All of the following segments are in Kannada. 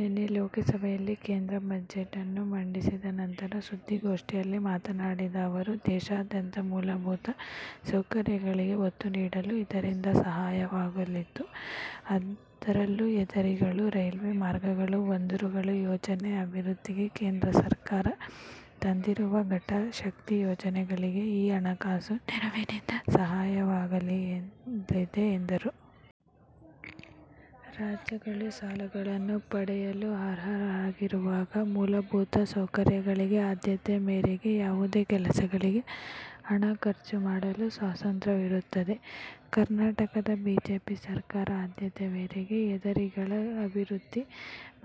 ನಿನ್ನೆ ಲೋಕಸಭೆಯಲ್ಲಿ ಕೇಂದ್ರ ಬಜೆಟ್- ನ್ನು ಮಂಡಿಸಿದ ನಂತರ ಸುದ್ದಿಗೋಷ್ಠಿಯಲ್ಲಿ ಮಾತನಾಡಿದ ಅವರು, ದೇಶಾದ್ಯಂತ ಮೂಲಭೂತ ಸೌಕರ್ಯಗಳಿಗೆ ಒತ್ತು ನೀಡಲು ಇದರಿಂದ ಸಹಾಯವಾಗಲಿದ್ದು, ಅದರಲ್ಲೂ ಹೆದ್ದಾರಿಗಳು, ರೈಲ್ವೆ ಮಾರ್ಗಗಳು, ಬಂದರುಗಳ ಯೋಜನೆ ಅಭಿವೃದ್ಧಿಗೆ ಕೇಂದ್ರ ಸರ್ಕಾರ ತಂದಿರುವ ಘಟ ಶಕ್ತಿ ಯೋಜನೆಗಳಿಗೆ ಈ ಹಣಕಾಸು ನೆರವಿನಿಂದ ಸಹಾಯವಾಗಲಿದೆ ಎಂದಿದೆ ಎಂದರು. ರಾಜ್ಯಗಳು ಸಾಲಗಳನ್ನು ಪಡೆಯಲು ಅರ್ಹವಾಗಿರುವಾಗ ಮೂಲಭೂತ ಸೌಕರ್ಯಗಳಿಗೆ ಆದ್ಯತೆ ಮೇರೆಗೆ ಯಾವುದೇ ಕೆಲಸಗಳಿಗೆ ಹಣ ಖರ್ಚು ಮಾಡಲು ಸ್ವಾತಂತ್ರ್ಯವಿರುತ್ತದೆ. ಕರ್ನಾಟಕದ ಬಿಜೆಪಿ ಸರ್ಕಾರ ಆದ್ಯತೆ ಮೇರೆಗೆ ಹೆದ್ದಾರಿಗಳ ಅಭಿವೃದ್ಧಿ,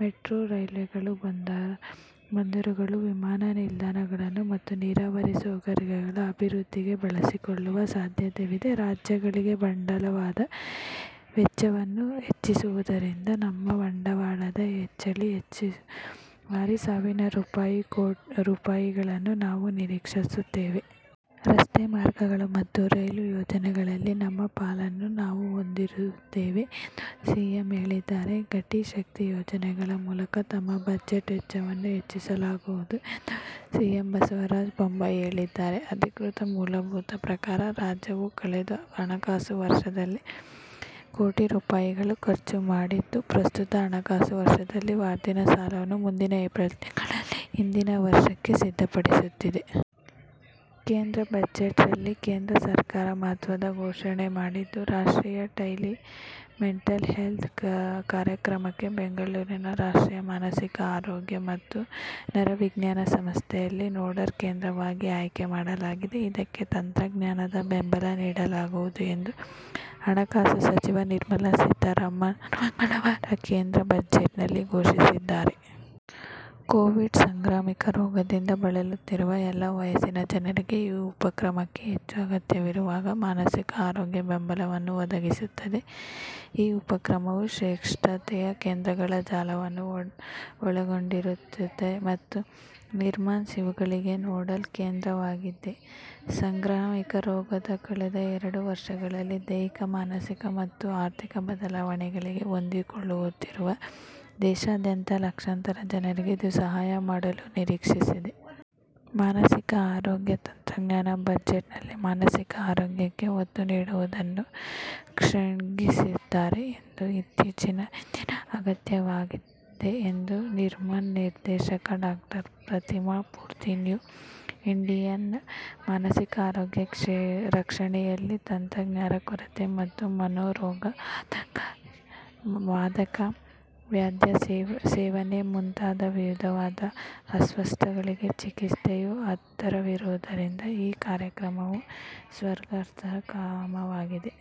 ಮೆಟ್ರೊ ರೈಲುಗಳು, ಬಂದರುಗಳು, ವಿಮಾನ ನಿಲ್ದಾಣಗಳು ಮತ್ತು ನೀರಾವರಿ ಸೌಕರ್ಯಗಳ ಅಭಿವೃದ್ಧಿಗೆ ಬಳಸಿಕೊಳ್ಳುವ ಸಾಧ್ಯತೆಯಿದೆ. ರಾಜ್ಯಗಳಿಗೆ ಬಂಡವಾಳದ ವೆಚ್ಚವನ್ನು ಹೆಚ್ಚಿಸಿರುವುದರಿಂದ, ನಮ್ಮ ಬಂಡವಾಳದ ವೆಚ್ಚದಲ್ಲಿ ಹೆಚ್ಚುವರಿ ಸಾವಿರ ಕೋಟಿ ರೂಪಾಯಿಗಳನ್ನು ನಾವು ನಿರೀಕ್ಷಿಸುತ್ತೇವೆ. ರಸ್ತೆ ಮಾರ್ಗಗಳು ಮತ್ತು ರೈಲ್ವೆ ಯೋಜನೆಗಳಲ್ಲಿ ನಮ್ಮ ಪಾಲನ್ನು ನಾವು ಹೊಂದಿರುತ್ತೆವೆ ಎಂದು ಸಿಎಂ ಹೇಳಿದ್ದಾರೆ. ಘಟಿ ಶಕ್ತಿ ಯೋಜನೆಗಳ ಮೂಲಕ ತಮ್ಮ ಬಜೆಟ್ ವೆಚ್ಚವನ್ನು ಹೆಚ್ಚಿಸಲಾಗುವುದು ಎಂದು ಸಿಎಂ ಬಸವರಾಜ ಬೊಮ್ಮಾಯಿ ಹೇಳಿದ್ದಾರೆ. ಅಧಿಕೃತ ಮೂಲಭೂತ ಪ್ರಕಾರ, ರಾಜ್ಯವು ಕಳೆದ ಹಣಕಾಸು ವರ್ಷದಲ್ಲಿ ಕೋಟಿ ರೂಪಾಯಿಗಳನ್ನು ಖರ್ಚು ಮಾಡಿದ್ದು ಪ್ರಸಕ್ತ ಹಣಕಾಸು ವರ್ಷದಲ್ಲಿ ವರ್ಧಿತ ಸಾಲವನ್ನು ಮುಂದಿನ ಏಪ್ರಿಲ್ ತಿಂಗಳಲ್ಲಿ ಹಿಂದಿನ ವರ್ಷಕ್ಕೆ ಸಿದ್ಧಪಡಿಸುತ್ತಿದೆ. ಕೇಂದ್ರ ಬಜೆಟ್ ರಲ್ಲಿ ಕೇಂದ್ರ ಸರ್ಕಾರ ಮಹತ್ವದ ಘೋಷಣೆ ಮಾಡಿದ್ದು, ರಾಷ್ಟ್ರೀಯ ಟೆಲಿ ಮೆಂಟಲ್ ಹೆಲ್ತ್ ಕಾರ್ಯಕ್ರಮಕ್ಕೆ ಬೆಂಗಳೂರಿನ ರಾಷ್ಟ್ರೀಯ ಮಾನಸಿಕ ಆರೋಗ್ಯ ಮತ್ತು ನರವಿಜ್ಞಾನ ಸಂಸ್ಥೆ ಯನ್ನು ನೋಡಲ್ ಕೇಂದ್ರವಾಗಿ ಆಯ್ಕೆ ಮಾಡಲಾಗಿದೆ. ಇದಕ್ಕೆ ತಂತ್ರಜ್ಞಾನದ ಬೆಂಬಲ ನೀಡಲಾಗುವುದು ಎಂದು ಹಣಕಾಸು ಸಚಿವೆ ನಿರ್ಮಲಾ ಸೀತಾರಾಮನ್ ಮಂಗಳವಾರ ಕೇಂದ್ರ ಬಜೆಟ್ನಲ್ಲಿ ಘೋಷಿಸಿದ್ದಾರೆ. ಕೋವಿಡ್ ಸಾಂಕ್ರಾಮಿಕ ರೋಗದಿಂದ ಬಳಲುತ್ತಿರುವ ಎಲ್ಲಾ ವಯಸ್ಸಿನ ಜನರಿಗೆ ಈ ಉಪಕ್ರಮಕ್ಕೆ ಹೆಚ್ಚು ಅಗತ್ಯವಿರುವ ಮಾನಸಿಕ ಆರೋಗ್ಯ ಬೆಂಬಲವನ್ನು ಒದಗಿಸುತ್ತದೆ. ಈ ಉಪಕ್ರಮವು ಶ್ರೇಷ್ಠತೆಯ ಕೇಂದ್ರಗಳ ಜಾಲವನ್ನು ಒಳಗೊಂಡಿರುತ್ತದೆ ಮತ್ತು ನಿರ್ಮಾಣ್ ಇವುಗಳಿಗೆ ನೋಡಲ್ ಕೇಂದ್ರವಾಗಿದೆ. ಸಾಂಕ್ರಾಮಿಕ ರೋಗದ ಕಳೆದ ಎರಡು ವರ್ಷಗಳಲ್ಲಿ ದೈಹಿಕ, ಮಾನಸಿಕ ಮತ್ತು ಆರ್ಥಿಕ ಬದಲಾವಣೆಗಳಿಗೆ ಹೊಂದಿಕೊಳ್ಳುತ್ತಿರುವ ದೇಶಾದ್ಯಂತ ಲಕ್ಷಾಂತರ ಜನರಿಗೆ ಇದು ಸಹಾಯ ಮಾಡುವ ನಿರೀಕ್ಷೆಯಿದೆ. ಮಾನಸಿಕ ಆರೋಗ್ಯ ತಜ್ಞರು ಬಜೆಟ್ನಲ್ಲಿ ಮಾನಸಿಕ ಆರೋಗ್ಯಕ್ಕೆ ಒತ್ತು ನೀಡಿರುವುದನ್ನು ಶ್ಲಾಘಿಸಿದ್ದಾರೆ. ಇದು ಇತ್ತೀಚಿನ ಇಂದಿನ ಅಗತ್ಯವಾಗಿದೆ ಎಂದು ನಿಮ್ಹಾನ್ಸ್ ನಿರ್ದೇಶಕಿ ಡಾ ಪ್ರತಿಮಾ ಮೂರ್ತಿ ನ್ಯೂ ಇಂಡಿಯನ್ ಎಕ್ಸ್ಪ್ರೆಸ್ಗೆ ತಿಳಿಸಿದರು, 'ಮಾನಸಿಕ ಆರೋಗ್ಯ ರಕ್ಷಣೆಯಲ್ಲಿ ತಜ್ಞರ ಕೊರತೆ ಮತ್ತು ಮನೋರೋಗ, ಆತಂಕ, ಖಿನ್ನತೆ, ಮಾದಕಸೇವನೆ ಮುಂತಾದ ವಿವಿಧ ಅಸ್ವಸ್ಥತೆಗಳಿಗೆ ಚಿಕಿತ್ಸೆಯ ಅಂತರವಿರುವುದರಿಂದ ಈ ಕಾರ್ಯಕ್ರಮವು ಸ್ವಾಗತಾರ್ಹ ಕ್ರಮವಾಗಿದೆ.